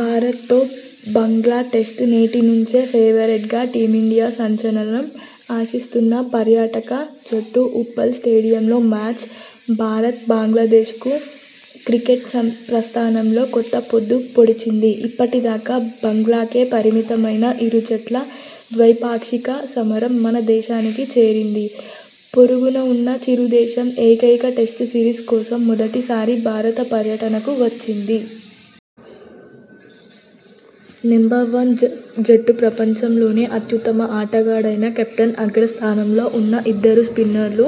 భారత్తో బంగ్లా టెస్టు నేటి నుంచేఫేవరెట్గా టీమిండియాసంచలనం ఆశిస్తున్న పర్యాటక జట్టుఉప్పల్ స్టేడియంలో మ్యాచ్ భారత్ -బంగ్లాదేశ్ క్రికెట్ ప్రస్థానంలో కొత్త పొద్దు పొడిచింది! ఇప్పటిదాకా బంగ్లాకే పరిమితమైన ఇరు జట్ల 'ద్వైపాక్షిక సమరం' మనదేశానికి చేరింది. పొరుగున ఉన్న చిరు దేశం ఏకైక టెస్టు సిరీస్ కోసం మొదటిసారి భారత పర్యటనకు వచ్చింది. నెంబర్ వన్ జట్టు ప్రపంచంలోనే అత్యుత్తమ ఆటగాడైన కెప్టెన్అగ్రస్థానంలో ఉన్న ఇద్దరు స్పిన్నర్లు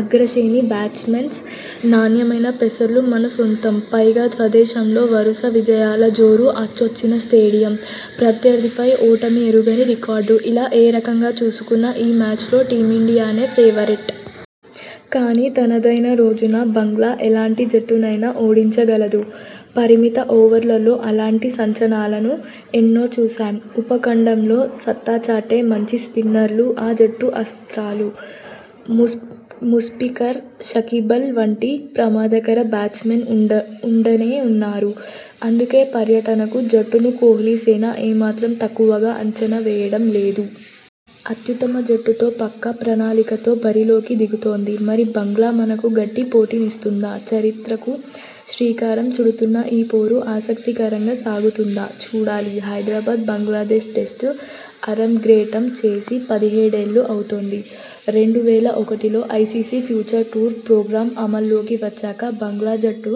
అగ్రశేణి బ్యాట్స్మెన్.. నాణ్యమైన పేసర్లు మనసొంతం..! పైగా, స్వదేశంలో వరుస విజయాల జోరు.. అచ్చొచ్చిన స్టేడియం.. ప్రత్యర్థిపై ఓటమి ఎరుగని రికార్డు! ఇలా ఏరకంగా చూసుకున్నా ఈ మ్యాచ్లో టీమిండియానే ఫేవరెట్! కానీ, తనదైన రోజున బంగ్లా ఎలాంటి జట్టునైనా ఓడించగలదు..! పరిమిత ఓవర్లలో అలాంటి సంచలనాలను ఎన్నో చూశాం. ఉపఖండంలో సత్తాచాటే మంచి స్పిన్నర్లు ఆ జట్టు అస్ర్తాలు. మూస్ ముష్ఫికర్, షకీబల్ వంటి ప్రమాదకర బ్యాట్స్మెన్ ఉండ ఉండనే ఉన్నారు. అందుకే, పర్యాటక జట్టును కోహ్లీసేన ఏమాత్రం తక్కువగా అంచనా వేయడం లేదు! అత్యుత్తమ జట్టుతో, పక్కా ప్రణాళికతో బరిలోకి దిగుతోంది..! మరి, బంగ్లా మనకు గట్టి పోటీనిస్తుందా..! చరిత్రకు శ్రీకారం చుడుతున్న ఈ పోరు ఆసక్తికరంగా సాగుతుందా..! చూడాలి! హైదరాబాద్ బంగ్లాదేశ్ టెస్టు అరంగేట్రం చేసి పదిహేడేళ్లు అవుతోంది..! రెండు వేల ఒకటిలో ఐసీసీ ఫ్యూచర్ టూర్ ప్రోగ్రామ్ అమల్లోకి వచ్చాక బంగ్లా జట్టు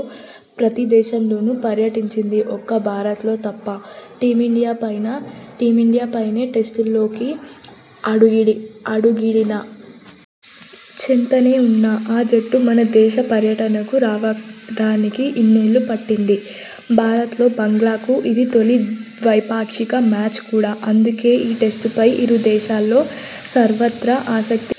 ప్రతీదేశంలోనూ పర్యటించిందిఒక్క భారత్లో తప్ప టీమిండియా పైన టీమిండియాపైనే టెస్టుల్లోకి అడిగి అడుగిడినా.. చెంతనే ఉన్నా.. ఆ జట్టు మనదేశ పర్యటనకు రావడానికి ఇన్నేళ్లు పట్టింది. భారత్లో బంగ్లాకు ఇది తొలి ద్వైపాక్షిక మ్యాచ్ కూడా. అందుకే, ఈ టెస్టుపై ఇరుదేశాల్లో సర్వత్రా ఆసక్తి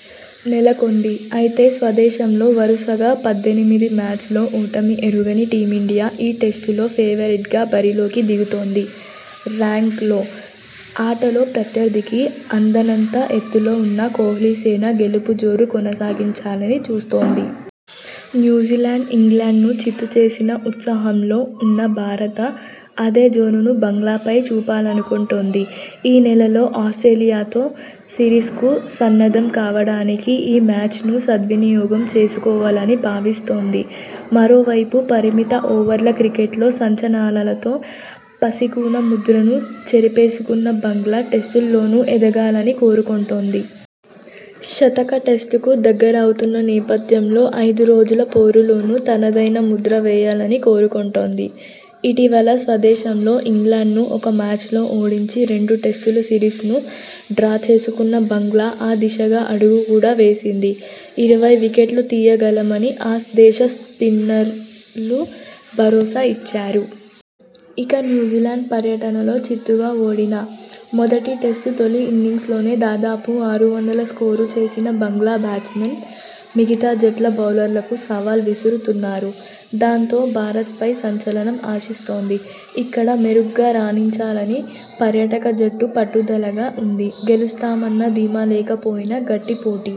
నెలకొంది..! అయితే, స్వదేశంలో వరుసగా పద్దెనిమిది మ్యాచ్ల్లో ఓటమి ఎరుగని టీమిండియా ఈ టెస్టులో ఫేవరెట్గా బరిలోకి దిగుతోంది ర్యాంక్లో, ఆటలో ప్రత్యర్థికి అందనంత ఎత్తులో ఉన్న కోహ్లీసేన గెలుపు జోరు కొనసాగించాలని చూస్తోంది. న్యూజిలాండ్, ఇంగ్లండ్ను చిత్తు చేసిన ఉత్సాహంలో ఉన్న భారత అదే జోరును బంగ్లాపై చూపాలనుకుంటోంది. ఈ నెలలోనే ఆస్ట్రేలియాతో సిరీస్కు సన్నద్ధం కావడానికి ఈ మ్యాచ్ను సద్వినియోగం చేసుకోవాలని భావిస్తోంది. మరోవైపు, పరిమిత ఓవర్ల క్రికెట్లో సంచలనలలతో పసికూన ముద్రను చెరిపేసుకున్న బంగ్లా.. టెస్టుల్లోనూ ఎదగాలని కోరుకుంటోంది. శతక టెస్టుకు దగ్గరవుతున్న నేపథ్యంలో ఐదురోజుల పోరులోనూ తనదైన ముద్ర వేయాలని కోరుకుంటోంది. ఇటీవల స్వదేశంలో ఇంగ్లండ్ను ఒక మ్యాచ్లో ఓడించి రెండు టెస్టుల సిరీస్ను డ్రా చేసుకున్న బంగ్లా ఆ దిశగా అడుగు కూడా వేసింది. ఇరవై వికెట్లు తీయగలమని ఆ దేశ స్పిన్నర్లు భరోసా ఇచ్చారు. ఇక, న్యూజిలాండ్ పర్యటనలో చిత్తుగా ఓడినా.. మొదటి టెస్టు తొలి ఇన్నింగ్స్లోనే దాదాపు ఆరు వందల స్కోరు చేసిన బంగ్లా బ్యాట్స్మెన్.. మిగతా జట్ల బౌలర్లకు సవాల్ విసురుతున్నారు. దాంతో, భారత్పై సంచలనం ఆశిస్తోంది. ఇక్కడ మెరుగ్గా రాణించాలని పర్యాటక జట్టు పట్టుదలగా ఉంది. గెలుస్తామన్న ధీమాలేకపోయినా గట్టి పోటీ